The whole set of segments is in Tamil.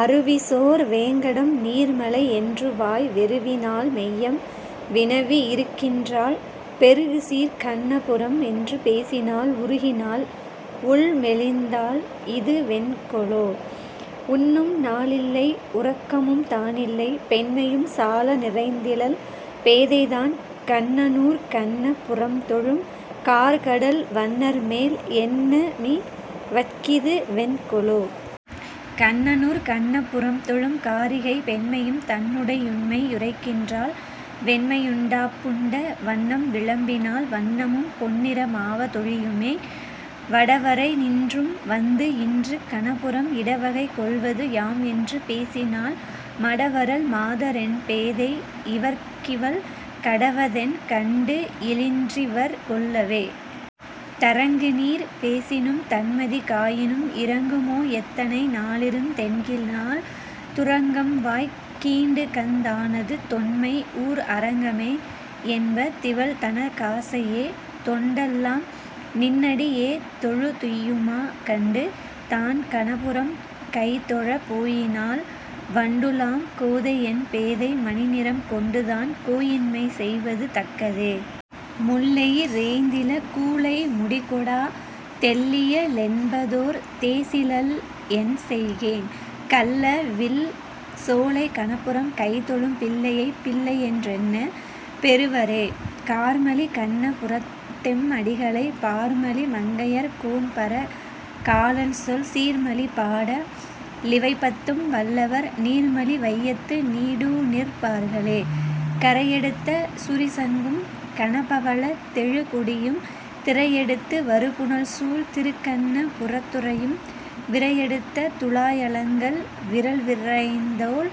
அருவிசோர் வேங்கடம் நீர்மலை என்றுவாய் வெருவினாள் மெய்யம் வினவி யிருக்கின்றாள், பெருகுசீர்க் கண்ண புரம் என்று பேசினாள் உருகினாள், உள்மெலிந் தாள் இது வென்கொலோ.. உண்ணும்நா ளில்லை உறக்கமுந் தானில்லை, பெண்மையும் சால நிறைந்திலள் பேதைதான், கண்ணனூர் கண்ண புரம்தொழும் கார்க்கடல் வண்ணர்மேல், எண்ண மிவட்கிது வென்கொலோ.. கண்ணனூர் கண்ண புரம்தொழும் காரிகை, பெண்மையும் தன்னுடை யுண்மை யுரைக்கின்றாள், வெண்ணெயுண் டாப்புண்ட வண்ணம் விளம்பினாள், வண்ணமும் பொன்னிற மாவ தொழியுமே.. வடவரை நின்றும்வந்து இன்று கணபுரம், இடவகை கொள்வது யாம் என்று பேசினாள், மடவரல் மாதரென் பேதை யிவர்க்கிவள் கடவதென், கண்டுயி லின்றிவர் கொள்ளவே.. தரங்கநீர் பேசினும் தண்மதி காயினும், இரங்குமோ எத்தனை நாளிருந் தெள்கினாள் துரங்கம்வாய் கீண்டுகந் தானது தொன்மை ஊர் அரங்கமே என்ப திவள்தனக் காசையே.. தொண்டெல்லாம் நின்னடி யேதொழு துய்யுமா கண்டு, தான் கணபுரம் கைதொழப் போயினாள் வண்டுலாம் கோதையென் பேதை மணிநிறம் கொண்டுதான், கோயின்மை செய்வது தக்கதே?. முள்ளெயி றேய்ந்தில, கூழை முடிகொடா, தெள்ளிய ளென்பதோர் தேசிலள் என்செய்கேன், கள்ளவிழ் சோலைக் கணபுரம் கைதொழும் பிள்ளையை, பிள்ளையென் றெண்ணப் பெறுவரே?. கார்மலி கண்ண புரத்தெம் அடிகளை, பார்மலி மங்கையர் கோன்பர காலன்சொல், சீர்மலி பாட லிவைபத்தும் வல்லவர், நீர்மலி வையத்து நீடுநிற் பார்களே. கரையெடுத்த சுரிசங்கும் கனபவளத் தெழுகொடியும், திரையெடுத்து வருபுனல்சூழ் திருக்கண்ண புரத்துறையும், விரையெடுத்த துழாயலங்கல் விறல்வரைத்தோள்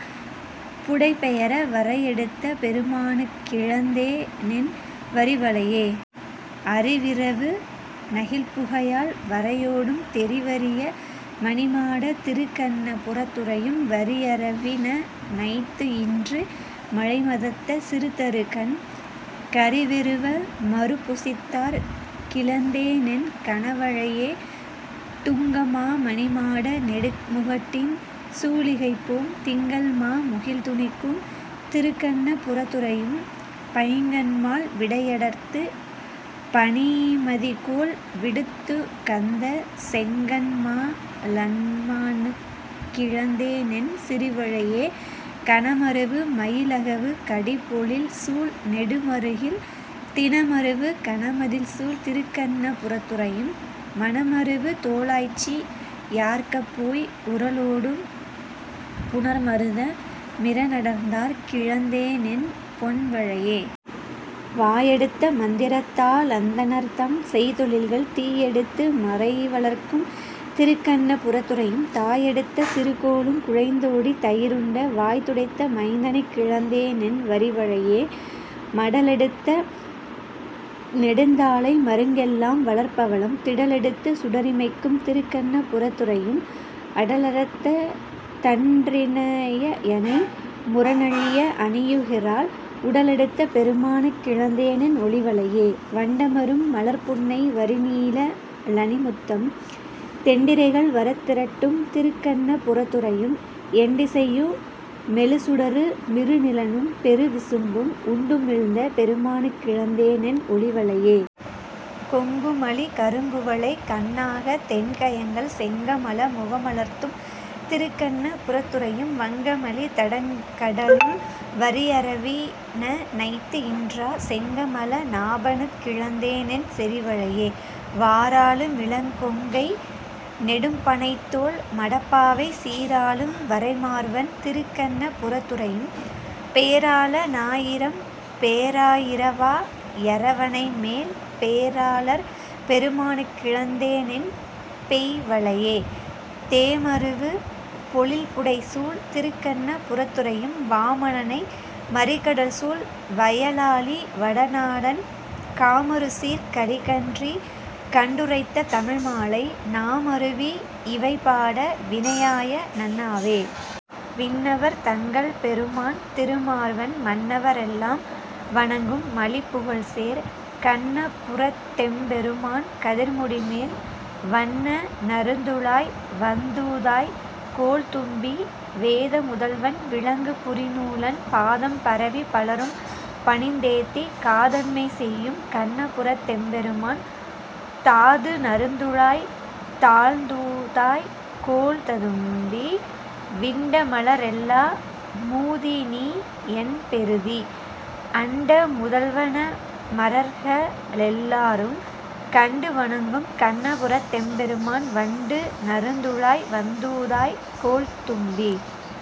புடைபெயர வரையெடுத்த பெருமானுக் கிழந்தேனென் வரிவளையே.. அரிவிரவு னகில்புகையால் வரையோடும் தெரிவரிய மணிமாடத் திருக்கண்ண புரத்துறையும், வரியரவி னணைத்துயின்று மழைமதத்த சிறுதறுகண், கரிவெருவ மருப்பொசித்தாற் கிழந்தேனென் கனவளையே.. துங்கமா மணிமாட நெடுமுகட்டின் சூலிகைபோம் திங்கள்மா முகில்துணிக்கும் திருக்கண்ண புரத்துறையும் பைங்கண்மால் விடையடர்த்துப் பனிமதிகோள் விடுத்துகந்த செங்கண்மா லம்மானுக் கிழந்தேனென் செறிவளையே.. கணமருவு மயிலகவு கடிபொழில்சூழ் நெடுமறுகில், திணமருவு கனமதிள்சூழ் திருக்கண்ண புரத்துறையும், மணமருவு தோளாய்ச்சி யார்க்கப்போய் உரலோடும் புணர்மருத மிறநடந்தாற் கிழந்தேனெ ன் பொன்வளையே.. வாயெடுத்த மந்திரத்தா லந்தணர்தம் செய்தொழில்கள் தீயெடுத்து மறைவளர்க்கும் திருக்கண்ண புரத்துறையும் தாயெடுத்த சிறுகோலுக் குளைந்தோடித் தயிருண்ட, வாய்துடைத்த மைந்தனுக் கிழந்தேனென் வரிவளையே.. மடலெடுத்த நெடுந்தாழை மருங்கெல்லாம் வளர்பவளம், திடலெடுத்துச் சுடரிமைக்கும் திருக்கண்ண புரத்துறையும், அடலடர்த்தன் றிரணியனை முரணழிய அணியுகிரால், உடலெடுத்த பெருமானுக் கிழந்தேனென் ஒளிவளையே.. வண்டமரும் மலர்ப்புன்னை வரிநீழ லணிமுத்தம், தெண்டிரைகள் வரத்திரட்டும் திருக்கண்ண புரத்துறையும், எண்டிசையு மெழுசுடரு மிருநிலனும் பெருவிசும்பும், உண்டுமிழ்ந்த பெருமானுக் கிழந்தேனென் ஒளிவளையே.. கொங்குமலி கருங்குவளை கண்ணாக தெண்கயங்கள் செங்கமல முகமலர்த்தும் திருக்கண்ண புரத்துறையும், வங்கமலி தடங்கடலுள் வரியரவி னணைத்துயின்றா, செங்கமல நாபனுக் கிழந்தேனென் செறிவளையே.. வாராளு மிளங்கொங்கை நெடும்பணைத்தோள் மடப்பாவை, சீராளும் வரைமார்வன் திருக்கண்ண புரத்துறையும், பேராள னாயிரம்பே ராயிரவா யரவணைமேல் பேராளர் பெருமானுக் கிழந்தேனென் பெய்வளையே.. தேமருவு பொழில்புடைசூழ் திருக்கண்ண புரத்துறையும் வாமனனை, மறிகடல்சூழ் வயலாலி வளநாடன், காமருசீர்க் கலிகன்றி கண்டுரைத்த தமிழ்மாலை, நாமருவி யிவைபாட வினையாய நண்ணாவே. விண்ணவர் தங்கள் பெருமான் திருமார்வன், மண்ணவ ரெல்லாம் வணங்கும் மலிபுகழ்சேர், கண்ண புரத்தெம் பெருமான் கதிர்முடிமேல், வண்ண நறுந்துழாய் வந்தூதாய் கோல்தும்பீ.. வேத முதல்வன் விளங்கு புரிநூலன், பாதம் பரவிப் பலரும் பணிந்தேத்தி, காதன்மை செய்யும் கண்ணபுரத் தெம்பெருமான், தாது நறுந்துழாய் தாழ்ந்தூதாய் கோல்தும்பீ.. விண்டமல ரெல்லா மூதிநீ யென்பெறுதி, அண்ட முதல்வ னமரர்க ளெல்லாரும், கண்டு வணங்கும் கண்ணபுரத் தெம்பெருமான் வண்டு நறுந்துழாய் வந்தூதாய் கோல்தும்பீ..